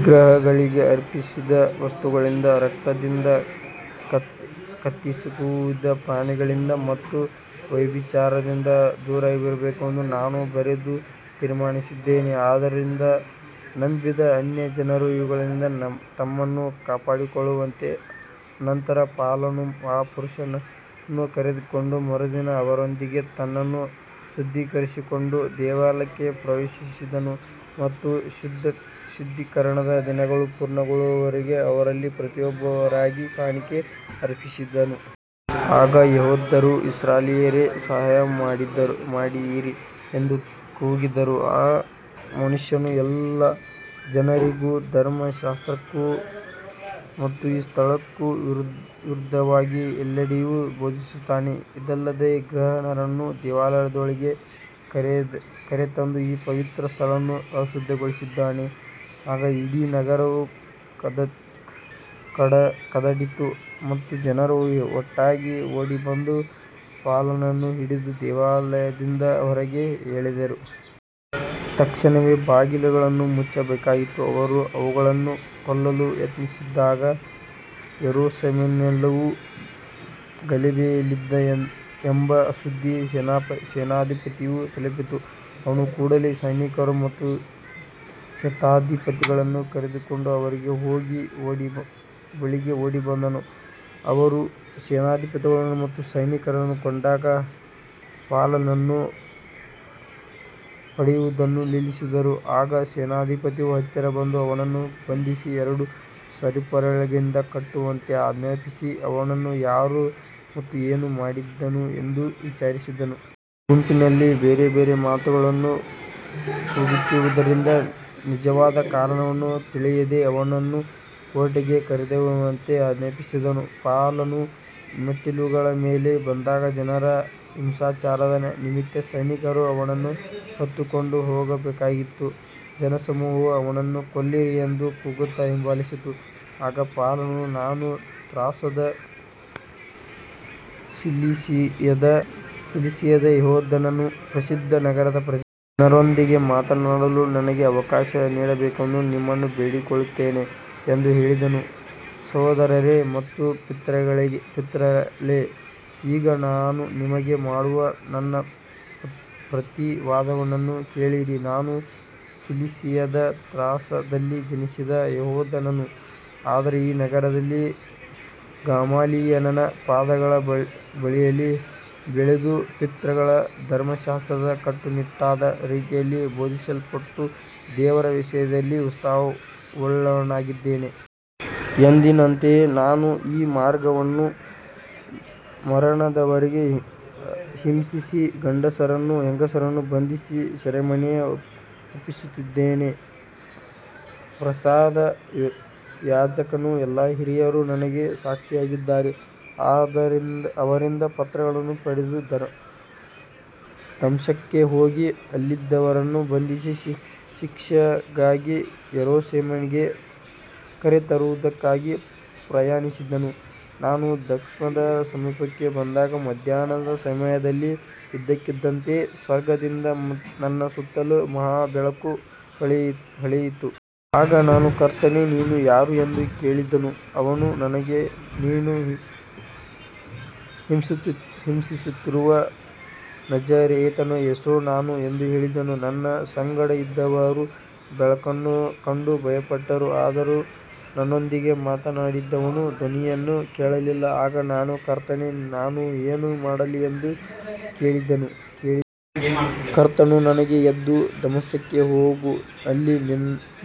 ವಿಗ್ರಹಗಳಿಗೆ ಅರ್ಪಿಸಿದ ವಸ್ತುಗಳಿಂದ, ರಕ್ತದಿಂದ, ಕತ್ತುಹಿಸುಕಿದ ಪ್ರಾಣಿಗಳಿಂದ ಮತ್ತು ವ್ಯಭಿಚಾರದಿಂದ ದೂರವಿರಬೇಕೆಂದು ನಾವು ಬರೆದು ತೀರ್ಮಾನಿಸಿದ್ದೇವೆ. ಆದ್ದರಿಂದ ನಂಬಿದ ಅನ್ಯಜನರು ಇವುಗಳಿಂದ ತಮ್ಮನ್ನು ಕಾಪಾಡಿಕೊಳ್ಳಬೇಕು. ನಂತರ ಪೌಲನು ಆ ಪುರುಷರನ್ನು ಕರೆದುಕೊಂಡು ಮರುದಿನ ಅವರೊಂದಿಗೆ ತನ್ನನ್ನು ಶುದ್ಧೀಕರಿಸಿಕೊಂಡು ದೇವಾಲಯಕ್ಕೆ ಪ್ರವೇಶಿಸಿದನು ಮತ್ತು ಶುದ್ಧೀಕರಣದ ದಿನಗಳು ಪೂರ್ಣಗೊಳ್ಳುವವರೆಗೆ ಅವರಲ್ಲಿ ಪ್ರತಿಯೊಬ್ಬರಿಗಾಗಿ ಕಾಣಿಕೆ ಅರ್ಪಿಸಿದನು. ಆಗ ಯೆಹೂದ್ಯರು, ಇಸ್ರಾಯೇಲ್ಯರೇ, ಸಹಾಯಮಾಡಿರಿ ಎಂದು ಕೂಗಿದರು. ಈ ಮನುಷ್ಯನು ಎಲ್ಲ ಜನರಿಗೂ, ಧರ್ಮಶಾಸ್ತ್ರಕ್ಕೂ ಮತ್ತು ಈ ಸ್ಥಳಕ್ಕೂ ವಿರುದ್ಧವಾಗಿ ಎಲ್ಲೆಡೆಯೂ ಬೋಧಿಸುತ್ತಾನೆ. ಇದಲ್ಲದೆ ಗ್ರೀಕರನ್ನೂ ದೇವಾಲಯದೊಳಗೆ ಕರೆತಂದು ಈ ಪವಿತ್ರ ಸ್ಥಳವನ್ನು ಅಶುದ್ಧಗೊಳಿಸಿದ್ದಾನೆ. ಆಗ ಇಡೀ ನಗರವು ಕದಡಿತು ಮತ್ತು ಜನರು ಒಟ್ಟಾಗಿ ಓಡಿಬಂದು ಪೌಲನನ್ನು ಹಿಡಿದು ದೇವಾಲಯದಿಂದ ಹೊರಗೆ ಎಳೆದರು. ತಕ್ಷಣವೇ ಬಾಗಿಲುಗಳನ್ನು ಮುಚ್ಚಲಾಯಿತು. ಅವರು ಅವನನ್ನು ಕೊಲ್ಲಲು ಯತ್ನಿಸುತ್ತಿದ್ದಾಗ ಯೆರೂಸಲೇಮಿನೆಲ್ಲವೂ ಗಲಭೆಯಲ್ಲಿದೆ ಎಂಬ ಸುದ್ದಿ ಸೇನಾಧಿಪತಿಗೆ ತಲುಪಿತು. ಅವನು ಕೂಡಲೇ ಸೈನಿಕರು ಮತ್ತು ಶತಾಧಿಪತಿಗಳನ್ನು ಕರೆದುಕೊಂಡು ಅವರ ಬಳಿಗೆ ಓಡಿಬಂದನು. ಅವರು ಸೇನಾಧಿಪತಿಯನ್ನು ಮತ್ತು ಸೈನಿಕರನ್ನು ಕಂಡಾಗ ಪೌಲನನ್ನು ಹೊಡೆಯುವುದನ್ನು ನಿಲ್ಲಿಸಿದರು. ಆಗ ಸೇನಾಧಿಪತಿಯು ಹತ್ತಿರ ಬಂದು ಅವನನ್ನು ಬಂಧಿಸಿ ಎರಡು ಸರಪಳಿಗಳಿಂದ ಕಟ್ಟುವಂತೆ ಆಜ್ಞಾಪಿಸಿ, ಅವನು ಯಾರು ಮತ್ತು ಏನು ಮಾಡಿದನು ಎಂದು ವಿಚಾರಿಸಿದನು. ಜನರು ಗುಂಪಿನಲ್ಲಿ ಬೇರೆಬೇರೆ ಮಾತುಗಳನ್ನು ಕೂಗುತ್ತಿದ್ದುದರಿಂದ ನಿಜವಾದ ಕಾರಣವನ್ನು ತಿಳಿಯದೆ ಅವನನ್ನು ಕೋಟೆಗೆ ಕರೆದೊಯ್ಯುವಂತೆ ಆಜ್ಞಾಪಿಸಿದನು. ಪೌಲನು ಮೆಟ್ಟಿಲುಗಳ ಮೇಲೆ ಬಂದಾಗ ಜನರ ಹಿಂಸಾಚಾರದ ನಿಮಿತ್ತ ಸೈನಿಕರು ಅವನನ್ನು ಹೊತ್ತುಕೊಂಡು ಹೋಗಬೇಕಾಯಿತು. ಜನಸಮೂಹವು ಅವನನ್ನು ಕೊಲ್ಲಿರಿ ಎಂದು ಕೂಗುತ್ತಾ ಹಿಂಬಾಲಿಸಿತು. ಆಗ ಪೌಲನು, ನಾನು ತಾರ್ಸದ ಸಿಲಿಸಿಯದ ಯೆಹೂದ್ಯನು, ಪ್ರಸಿದ್ಧ ನಗರದ ಪ್ರಜೆ. ಜನರೊಂದಿಗೆ ಮಾತನಾಡಲು ನನಗೆ ಅವಕಾಶ ನೀಡಬೇಕೆಂದು ನಿಮ್ಮನ್ನು ಬೇಡಿಕೊಳ್ಳುತ್ತೇನೆ ಎಂದು ಹೇಳಿದನು. ಸಹೋದರರೇ ಮತ್ತು ಪಿತೃಗಳೇ, ಈಗ ನಾನು ನಿಮಗೆ ಮಾಡುವ ನನ್ನ ಪ್ರತಿವಾದವನ್ನು ಕೇಳಿರಿ. ನಾನು ಸಿಲಿಸಿಯದ ತಾರ್ಸದಲ್ಲಿ ಜನಿಸಿದ ಯೆಹೂದ್ಯನು, ಆದರೆ ಈ ನಗರದಲ್ಲಿ ಗಮಾಲಿಯೇಲನ ಪಾದಗಳ ಬಳಿಯಲ್ಲಿ ಬೆಳೆದು, ಪಿತೃಗಳ ಧರ್ಮಶಾಸ್ತ್ರದ ಕಟ್ಟುನಿಟ್ಟಾದ ರೀತಿಯಲ್ಲಿ ಬೋಧಿಸಲ್ಪಟ್ಟು, ದೇವರ ವಿಷಯದಲ್ಲಿ ಉತ್ಸಾಹವುಳ್ಳವನಾಗಿದ್ದೆನು. ಇಂದಿನಂತೆಯೇ ನಾನು ಈ ಮಾರ್ಗವನ್ನು ಮರಣದವರೆಗೆ ಹಿಂಸಿಸಿ, ಗಂಡಸರನ್ನೂ ಹೆಂಗಸರನ್ನೂ ಬಂಧಿಸಿ ಸೆರೆಮನೆಗೆ ಒಪ್ಪಿಸುತ್ತಿದ್ದೆನು. ಪ್ರಧಾನ ಯಾಜಕನೂ ಎಲ್ಲಾ ಹಿರಿಯರೂ ನನಗೆ ಸಾಕ್ಷಿಗಳಾಗಿದ್ದಾರೆ. ಅವರಿಂದ ಪತ್ರಗಳನ್ನು ಪಡೆದು, ದಮಸ್ಕಕ್ಕೆ ಹೋಗಿ ಅಲ್ಲಿದ್ದವರನ್ನು ಬಂಧಿಸಿ ಶಿಕ್ಷೆಗಾಗಿ ಯೆರೂಸಲೇಮಿಗೆ ಕರೆತರುವುದಕ್ಕಾಗಿ ಪ್ರಯಾಣಿಸಿದೆನು. ನಾನು ದಮಸ್ಕದ ಸಮೀಪಕ್ಕೆ ಬಂದಾಗ ಮಧ್ಯಾಹ್ನದ ಸಮಯದಲ್ಲಿ ಇದ್ದಕ್ಕಿದ್ದಂತೆ ಸ್ವರ್ಗದಿಂದ ನನ್ನ ಸುತ್ತಲೂ ಮಹಾ ಬೆಳಕು ಹೊಳೆಯಿತು. ಆಗ ನಾನು, ಕರ್ತನೇ, ನೀನು ಯಾರು ಎಂದು ಕೇಳಿದೆನು. ಅವನು ನನಗೆ, ನೀನು ಹಿಂಸಿಸುತ್ತಿರುವ ನಜರೇತಿನ ಯೇಸು ನಾನೇ ಎಂದು ಹೇಳಿದನು. ನನ್ನ ಸಂಗಡ ಇದ್ದವರು ಬೆಳಕನ್ನು ಕಂಡು ಭಯಪಟ್ಟರು, ಆದರೆ ನನ್ನೊಂದಿಗೆ ಮಾತನಾಡಿದವನ ಧ್ವನಿಯನ್ನು ಕೇಳಲಿಲ್ಲ. ಆಗ ನಾನು, ಕರ್ತನೇ, ನಾನು ಏನು ಮಾಡಲಿ ಎಂದು ಕೇಳಿದೆನು. ಕರ್ತನು ನನಗೆ, ಎದ್ದು ದಮಸ್ಕಕ್ಕೆ ಹೋಗು. ಅಲ್ಲಿ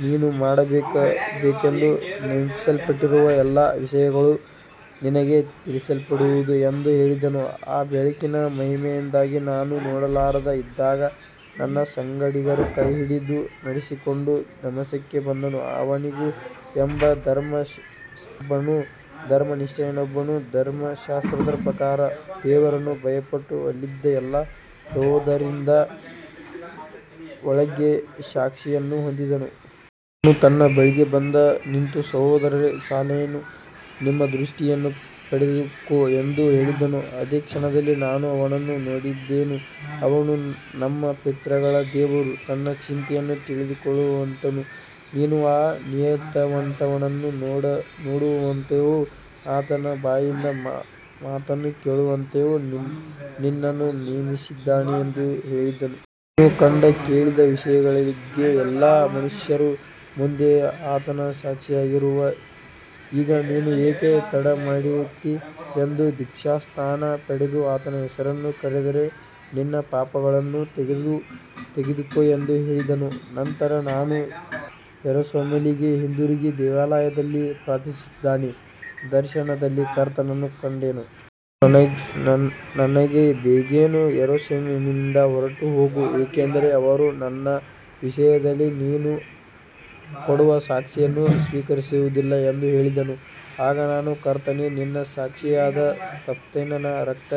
ನೀನು ಮಾಡಬೇಕೆಂದು ನೇಮಿಸಲ್ಪಟ್ಟಿರುವ ಎಲ್ಲ ವಿಷಯಗಳು ನಿನಗೆ ತಿಳಿಸಲ್ಪಡುವವು ಎಂದು ಹೇಳಿದನು. ಆ ಬೆಳಕಿನ ಮಹಿಮೆಯಿಂದಾಗಿ ನಾನು ನೋಡಲಾರದೆ ಇದ್ದಾಗ ನನ್ನ ಸಂಗಡಿಗರು ಕೈಹಿಡಿದು ನಡೆಸಿಕೊಂಡು ದಮಸ್ಕಕ್ಕೆ ಬಂದೆನು. ಅನನೀಯ ಎಂಬ ಧರ್ಮನಿಷ್ಠನೊಬ್ಬನು ಧರ್ಮಶಾಸ್ತ್ರದ ಪ್ರಕಾರ ದೇವರನ್ನು ಭಯಪಟ್ಟು ಅಲ್ಲಿದ್ದ ಎಲ್ಲಾ ಯೆಹೂದ್ಯರಿಂದ ಒಳ್ಳೆಯ ಸಾಕ್ಷಿಯನ್ನು ಹೊಂದಿದ್ದನು. ಅವನು ನನ್ನ ಬಳಿಗೆ ಬಂದು ನಿಂತು, ಸಹೋದರ ಸೌಲನೇ, ನಿನ್ನ ದೃಷ್ಟಿಯನ್ನು ಪಡೆದುಕೋ ಎಂದು ಹೇಳಿದನು. ಅದೇ ಕ್ಷಣದಲ್ಲಿ ನಾನು ಅವನನ್ನು ನೋಡಿದೆನು. ಅವನು, ನಮ್ಮ ಪಿತೃಗಳ ದೇವರು ತನ್ನ ಚಿತ್ತವನ್ನು ತಿಳಿದುಕೊಳ್ಳುವಂತೆಯೂ ನೀನು ಆ ನೀತಿವಂತನನ್ನು ನೋಡುವಂತೆಯೂ ಆತನ ಬಾಯಿಂದ ಮಾತನ್ನು ಕೇಳುವಂತೆಯೂ ನಿನ್ನನ್ನು ನೇಮಿಸಿದ್ದಾನೆ ಎಂದು ಹೇಳಿದನು. ನೀನು ಕಂಡು ಕೇಳಿದ ವಿಷಯಗಳಿಗೆ ಎಲ್ಲಾ ಮನುಷ್ಯರ ಮುಂದೆ ಆತನ ಸಾಕ್ಷಿಯಾಗಿರುವೆ. ಈಗ ನೀನು ಏಕೆ ತಡಮಾಡುತ್ತೀ? ಎದ್ದು ದೀಕ್ಷಾಸ್ನಾನ ಪಡೆದು ಆತನ ಹೆಸರನ್ನು ಕರೆದು ನಿನ್ನ ಪಾಪಗಳನ್ನು ತೊಳೆದುಕೋ ಎಂದು ಹೇಳಿದನು. ನಂತರ ನಾನು ಯೆರೂಸಲೇಮಿಗೆ ಹಿಂದಿರುಗಿ ದೇವಾಲಯದಲ್ಲಿ ಪ್ರಾರ್ಥಿಸುತ್ತಿದ್ದಾಗ ದರ್ಶನದಲ್ಲಿ ಕರ್ತನನ್ನು ಕಂಡೆನು. ಅವನು ನನಗೆ, ಬೇಗನೆ ಯೆರೂಸಲೇಮಿನಿಂದ ಹೊರಟುಹೋಗು, ಏಕೆಂದರೆ ಅವರು ನನ್ನ ವಿಷಯದಲ್ಲಿ ನೀನು ಕೊಡುವ ಸಾಕ್ಷಿಯನ್ನು ಸ್ವೀಕರಿಸುವುದಿಲ್ಲ ಎಂದು ಹೇಳಿದನು. ಆಗ ನಾನು, ಕರ್ತನೇ, ನಿನ್ನ ಸಾಕ್ಷಿಯಾದ ಸ್ತೆಫನನ ರಕ್ತ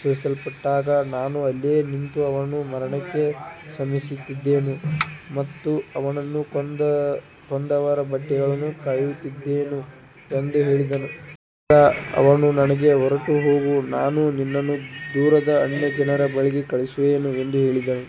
ಸುರಿಸಲ್ಪಟ್ಟಾಗ ನಾನೂ ಅಲ್ಲಿಯೇ ನಿಂತು ಅವನ ಮರಣಕ್ಕೆ ಸಮ್ಮತಿಸಿದ್ದೆನು ಮತ್ತು ಅವನನ್ನು ಕೊಂದವರ ಬಟ್ಟೆಗಳನ್ನು ಕಾಯುತ್ತಿದ್ದೆನು ಎಂದು ಹೇಳಿದೆನು. ಆಗ ಅವನು ನನಗೆ, ಹೊರಟುಹೋಗು, ನಾನು ನಿನ್ನನ್ನು ದೂರದ ಅನ್ಯಜನರ ಬಳಿಗೆ ಕಳುಹಿಸುವೆನು ಎಂದು ಹೇಳಿದನು.